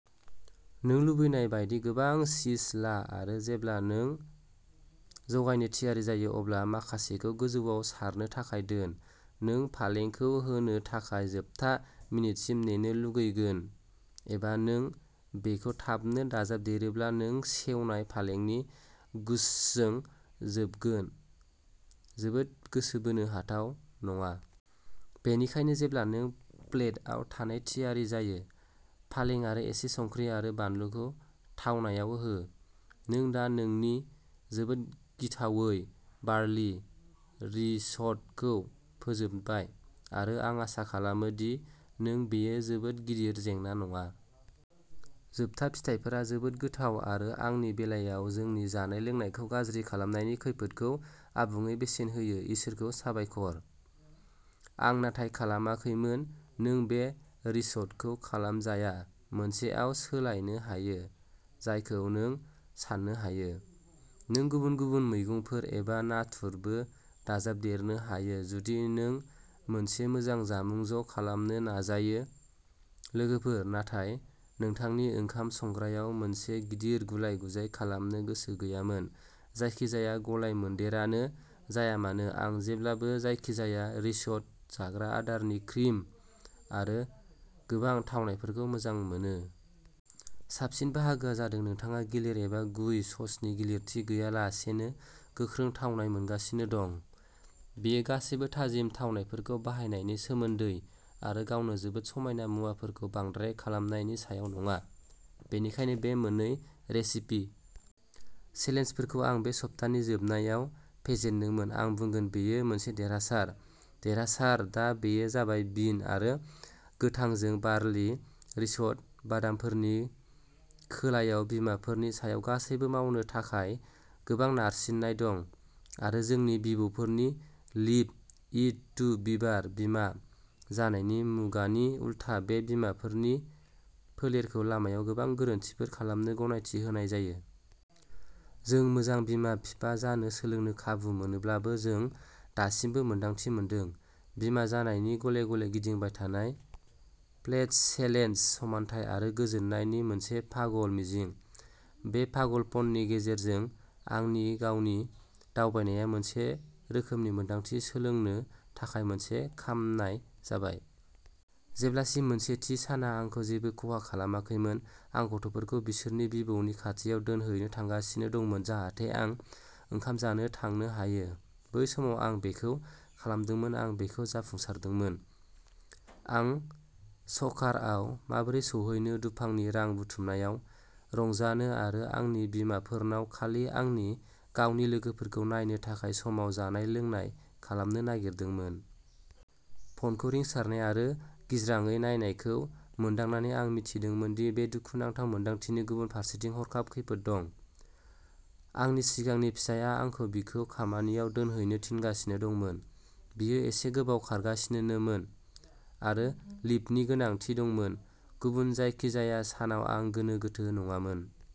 नों लुबैनाय बायदि गोबां चीज ला आरो जेब्ला नों जगायनो थियारि जायो अब्ला माखासेखौ गोजौआव सारनो थाखाय दोन। नों फालेंखौ होनो थाखाय जोबथा मिनिटसिम नेनो लुगैगोन एबा नों बेखौ थाबनो दाजाबदेरोब्ला नों सेवनाय फालेंनि गुच्छजों जोबगोन जोबोद गोसो बोनो हाथाव नङा। बेनिखायनो जेब्ला नों प्लेटआव थानो थियारि जायो, पालें आरो एसे संख्रि आरो बानलुखौ थावनायाव हो। नों दा नोंनि जोबोद गिथावै बार्लि रिस'ट'खौ फोजोबबाय आरो आं आसा खालामो दि नों बेयो जोबोद गिदिर जेंना नङा। जोबथा फिथाइफोरा जोबोद गोथाव आरो आंनि बेलायाव जोंनि जानाय-लोंनायखौ गाज्रि खालामनायनि खैफोदखौ आबुङै बेसेन होयो इसोरखौ साबायखर। आं नाथाय खालामाखैमोन नों बे रिस'ट'खौ जायखिजाया मोनसेआव सोलायनो हायो जायखौ नों साननो हायो। नों गुबुन-गुबुन मैगंफोर एबा नाथुरबो दाजाबदेरनो हायो जुदि नों मोनसे मोजां जामुं ज' खालामनो नाजायो लोगोफोर नाथाय नोंथांनि ओंखाम संग्रायाव मोनसे गिदिर गुलाय-गुजाय खालामनो गोसो गैयामोन जायखिजाया गलायमोनदेरानो जाया मानो आं जेब्लाबो जायखिजाया रिस'ट' जाग्रा आदारनि क्रिम आरो गोबां थावनायफोरखौ मोजां मोनो। साबसिन बाहागोआ जादों नोंथाङा गिलिर एबा गुइ ससनि गिलिरथि गैयालासेनो गोख्रों थावनाय मोनगासिनो दं। बेयो गासैबो थाजिम थावनायफोरखौ बाहायनायनि सोमोन्दै आरो गावनो जोबोद समायना मुवाफोरखौ बांद्राय खालामनायनि सायाव नङा। बेनिखायनो बे मोननै रेसिपि चेलेन्जफोरखौ आं बे सप्तानि जोबनायाव फेजेनदोंमोन आं बुंगोन बेयो मोनसे देरहासार देरहासार दा बेयो जाबाय बिन आरो गोथांजों बार्लि रिस'ट' बादामफोरनि खोलायाव बिमाफोरनि सायाव गासैबो मावनो थाखाय गोबां नारसिननाय दं आरो जोंनि बिबौफोरनि लिभ इट टु बिभार बिमा जानायनि मुगानि उलथा बे बिमाफोरनि फोलेरखौ लामायाव गोबां गोरोन्थिफोर खालामनो गनायथि होनाय जायो। जों मोजां बिमा-बिफा जानो सोलोंनो खाबु मोनोब्लाबो जों दासिमबो मोन्दांथि मोनदों। बिमा जानायनि गले गले गिदिंबाय थानाय प्लेट्स चेलेन्ज समानथाय आरो गोजोननायनि मोनसे पागल मिजिं। बे पागलपननि गेजेरजों आंनि गावनि दावबायनाया मोनसे रोखोमनि मोन्दांथि सोलोंनो थाखाय मोनसे खामनाय जाबाय। जेब्लासिम मोनसे थि साना आंखौ जेबो खहा खालामाखैमोन आं गथ'फोरखौ बिसोरनि बिबौनि खाथियाव दोनहैनो थांगासिनो दंमोन जाहाथे आं ओंखाम जानो थांनो हायो बै समाव आं बेखौ खालामदोंमोन आं बेखौ जाफुंसारदोंमोन। आं स'कारआव माबोरै सौहैनो दुफांनि रां बुथुमनायाव रंजानो आरो आंनि बिमाफोरनाव खालि आंनि गावनि लोगोफोरखौ नायनो थाखाय समाव जानाय-लोंनाय खालामनो नागिरदोंमोन। फनखौ रिंसारनाय आरो गिज्रांयै नायनायखौ मोनदांनानै आं मिथिदोंमोन दि बे दुखुनांथाव मोन्दांथिनि गुबुन फारसेथिं हरखाब खैफोद दं। आंनि सिगांनि फिसायआ आंखौ बिखौ खामानियाव दोनहैनो थिनगासिनो दंमोन। बियो एसे गोबाव खारगासिनोमोन आरो लिफ्टनि गोनांथि दंमोन। गुबुन जायखिजाया सानाव आं गोनो गोथो नङामोन।